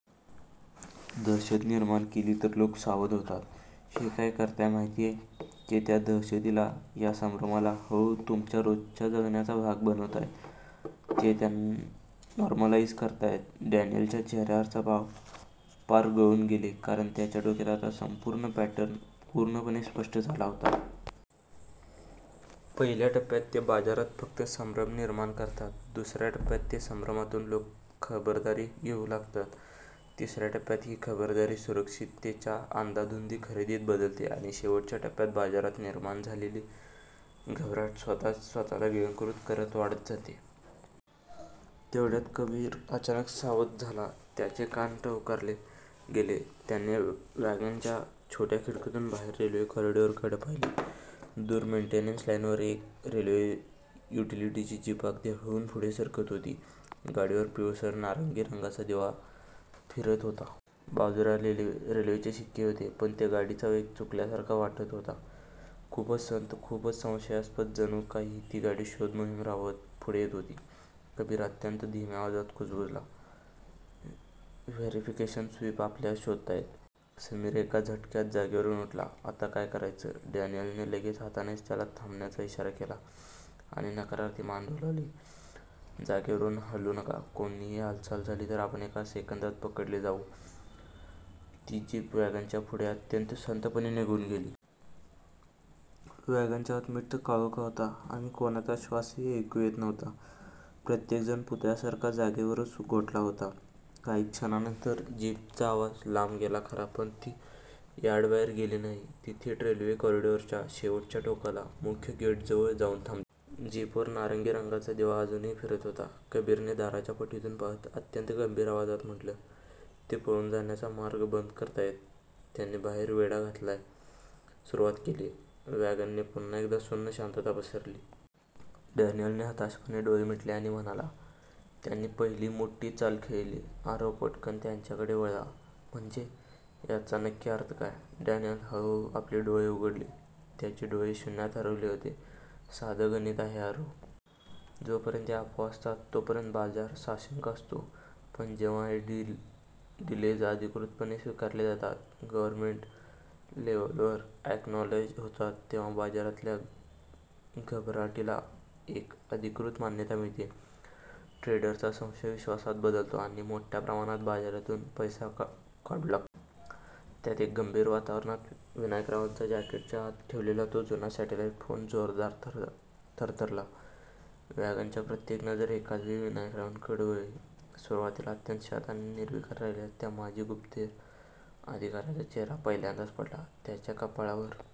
दहशत निर्माण केली तर लोक सावध होतात. ते काय करतात माहितीये? ते त्या दहशतीला, त्या संभ्रमाला हळूहळू तुमच्या रोजच्या जगण्याचा भाग बनवतात. ते त्याला 'नॉर्मलाईज' करतात. डॅनियलच्या चेहऱ्यावरचे भाव पार उडून गेले कारण त्याच्या डोक्यात आता हा संपूर्ण पॅटर्न पूर्णपणे स्पष्ट झाला होता. पहिल्या टप्प्यात ते बाजारात फक्त 'संभ्रम' निर्माण करतात. दुसऱ्या टप्प्यात त्या संभ्रमातून लोक 'खबरदारी' घेऊ लागतात. तिसऱ्या टप्प्यात ही खबरदारी सुरक्षिततेसाठीच्या 'अंधाधुंद खरेदीत' बदलते आणि शेवटच्या टप्प्यात बाजारात निर्माण झालेली घबराट स्वतःच स्वतःला गिळंकृत करत वाढत जाते. तेवढ्यात कबीर अचानक सावध झाला. त्याचे कान टवकारले गेले. त्याने वॅगनच्या छोट्या खिडकीतून बाहेर रेल्वे कॉरिडॉरकडे पाहिलं. दूर मेंटेनन्स लाईनवर एक रेल्वे युटिलिटी जीप अगदी हळूहळू पुढे सरकत होती. गाडीवर पिवळसर नारंगी रंगाचा दिवा फिरत होता. बाजूला रेल्वेचे शिक्केही होते. पण त्या गाडीचा वेग चुकल्यासारखा वाटत होता. खूपच संथ खूपच संशयास्पद. जणू काही ती गाडी शोध मोहीम राबवत पुढे येत होती. कबीर अत्यंत धीम्या आवाजात कुजबुजला, "व्हॅरिफिकेशन स्वीप आपल्याला शोधतायत." समीर एका झटक्यात जागेवरून उठला, "आता काय करायचं? " डॅनियलने लगेच हातानेच त्याला थांबण्याचा इशारा केला आणि नकारार्थी मान डोलवली, "जागेवरून हालू नका. कोणतीही हालचाल झाली, तर आपण एका सेकंदात पकडले जाऊ." ती जीप वॅगनच्या पुढून अत्यंत संथपणे निघून गेली. वॅगनच्या आत मिट्ट काळोख होता आणि कोणाचा श्वासही ऐकू येत नव्हता. प्रत्येक जण पुतळ्यासारखा जागेवरच गोठला होता. काही क्षणांनंतर जीपचा आवाज लांब गेला खरा, पण ती यार्डाबाहेर गेली नाही. ती थेट रेल्वे कॉरिडॉरच्या शेवटच्या टोकाला, मुख्य गेटजवळ जाऊन थांबली. जीपवर नारंगी रंगाचा दिवा अजूनही फिरत होता. कबीरने दाराच्या फटीतून पाहत अत्यंत गंभीर आवाजात म्हटलं, "ते पळून जाण्याचे मार्ग बंद करतायत. त्यांनी बाहेर वेढा घालायला सुरुवात केलीये." वॅगनमध्ये पुन्हा एकदा सुन्न शांतता पसरली. डॅनियलने हताशपणे डोळे मिटले आणि म्हणाला, "त्यांनी पहिली मोठी चाल खेळली." आरव पटकन त्याच्याकडे वळला, "म्हणजे? याचा नक्की अर्थ काय? " डॅनियलने हळूहळू आपले डोळे उघडले, त्याचे डोळे शून्यात हरवले होते, "साधं गणित आहे आरव. जोपर्यंत या अफवा असतात, तोपर्यंत बाजार साशंक असतो. पण जेव्हा हे डिलेज अधिकृतपणे स्वीकारले जातात, गव्हर्नमेंट लेव्हलवर अॅक्नॉलेज होतात. तेव्हा बाजारातल्या घबराटीला एक अधिकृत मान्यता मिळते. ट्रेडर्सचा संशय विश्वासात बदलतो आणि ते मोठ्या प्रमाणावर बाजारातून पैसा काढू लागतात." त्याच गंभीर वातावरणात, विनायकरावांच्या जॅकेटच्या आत ठेवलेला तो जुना सॅटेलाईट फोन जोरदार थरथरला. वॅगनमधल्या प्रत्येकाची नजर एकाच वेळी विनायकरावांकडे वळली. सुरुवातीपासून अत्यंत शांत आणि निर्विकार राहिलेल्या त्या माजी गुप्तहेर अधिकाऱ्याचा चेहरा पहिल्यांदाच पडला. त्यांच्या कपाळावर